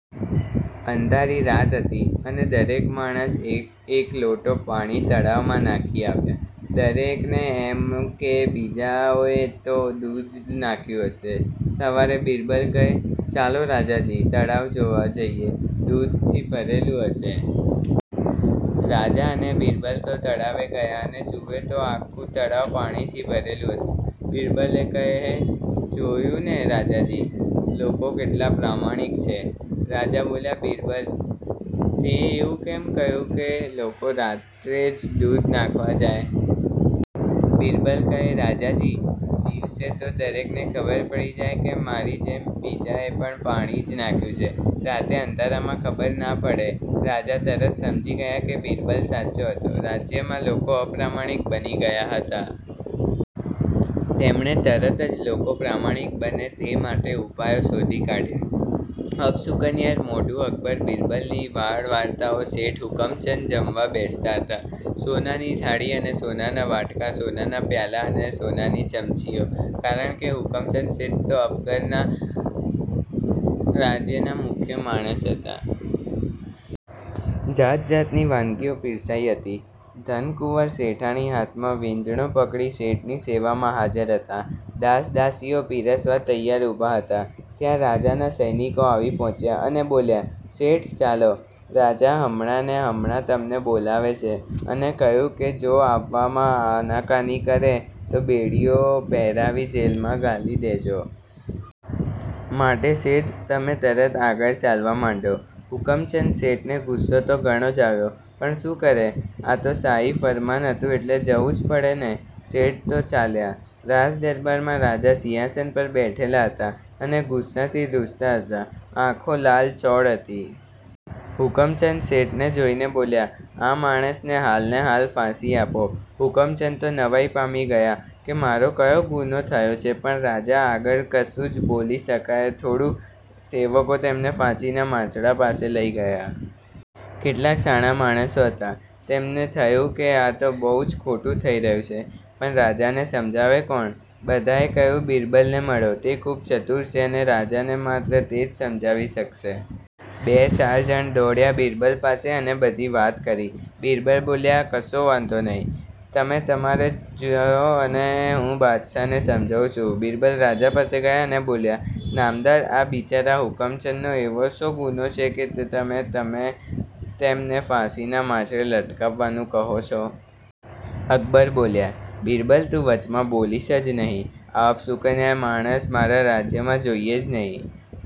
અંધારી રાત હતી અને દરેક માણસ એક એક લોટો પાણી તળાવમાં નાખી આવ્યા. દરેકને એમ કે બીજાઓએ તો દૂધ જ નાંખ્યુ હશે. સવારે બિરબલ કહે: ચાલો રાજાજી, તળાવ જોવા જઈએ. દૂધથી ભરેલું હશે. રાજા અને બિરબલ તો તળાવે ગયા અને જુએ તો આખું તળાવ પાણીથી ભરેલું હતું! બિરબલ કહેઃજોયું ને રાજાજી, લોકો કેટલા પ્રામાણિક છે? રાજા બોલ્યાઃબિરબલ, તેં એવું કેમ કહ્યું કે લોકો રાત્રે જ દૂધ નાંખવા જાય? બિરબલ કહેઃરાજાજી, દિવસે તો દરેકને ખબર પડી જાય કે મારી જેમ બીજાએ પણ પાણી જ નાખ્યું છે. રાત્રે અંધારામાં ખબર ના પડે. રાજા તરત સમજી ગયા કે બિરબલ સાચો હતો. રાજ્યમાં લોકોઅપ્રામાણિક બની ગયા હતા. તેમણે તરત જ લોકો પ્રામાણિક બને તે માટેના ઉપાયો શોધી કાઢ્યા. અપશુકનિયાળ મોંઢું અકબર બિરબલની બાળ વાર્તાઓ શેઠ હુકમચંદ જમવા બેસતા હતા. સોનાની થાળી અને સોનાના વાટકા, સોનાના પ્યાલા અને સોનાની ચમચીઓ.. કારણકે હુકમચંદ શેઠ તો અકબરના રાજ્યના મુખ્ય માણસ હતા. જાતજાતની વાનગીઓ પીરસાઈ હતી. ધનકુંવર શેઠાણી હાથમાં વીંઝણો પકડી શેઠની સેવામાં હાજર હતા. દાસ-દાસીઓ પીરસવા તૈયાર ઉભા હતા. ત્યાં રાજાના સૈનિકો આવી પહોંચ્યા અને બોલ્યા: શેઠ, ચાલો. રાજા હમણાંને હમણાં તમને બોલાવે છે અને કહ્યું છે કે જો આવવામાં આનાકાની કરે તો બેડીઓ પહેરાવી જેલમાં ઘાલી દેજો. માટે શેઠ, તમે તરત આગળ ચાલવા માંડો. હુકમચંદ શેઠને ગુસ્સો તો ઘણો જ આવ્યો, પણ શું કરે? આ તો શાહી ફરમાન હતું એટલે જવું જ પડે ને? શેઠ તો ચાલ્યા. રાજ દરબારમાં રાજા સિંહાસન પર બેઠેલા હતા અને ગુસાથી દ્રુજતા હતા, આંખો લાલચોળ હતી. હુકમચંદ શેઠને જોઇને બોલ્યા: આ માણસને હાલને હાલ ફાંસી આપો. હુકમચંદ તો નવાઈ પામી ગયા કે મારો કયો ગુનો થયો છે? પણ રાજા આગળ કશું જ બોલી શકાય થોડું? સેવકો તેમને ફાંસીના માંચડા પાસે લઈ ગયા. કેટલાક શાણા માણસો હતા, તેમને થયું કે આ તો બહુ જ ખોટું થઈ રહ્યું છે. પણ રાજાને સમજાવે કોણ? બધાએ કહ્યું: બિરબલને મળો. તે ખૂબ ચતુર છે અને રાજાને માત્ર તે જ સમજાવી શકશે. બે-ચાર જણ દોડ્યા બિરબલ પાસે અને બધી વાત કરી. બિરબલ બોલ્યા: કશો વાંધો નહીં. તમે તમારે જઓ અને હું બાદશાહને સમજાવું છું. બિરબલ રાજા પાસે ગયા અને બોલ્યા: નામદાર, આ બિચારા હુકમચંદનો એવો તો શો ગુનો છે કે તમે તેમને ફાંસીના માંચડે લટકાવવાનું કહો છો? અકબર બોલ્યા: બિરબલ, તું વચમાં બોલીશ જ નહીં. આ અપશુકનિયાળ માણસ મારા રાજ્યમાં જોઈએ જ નહીં.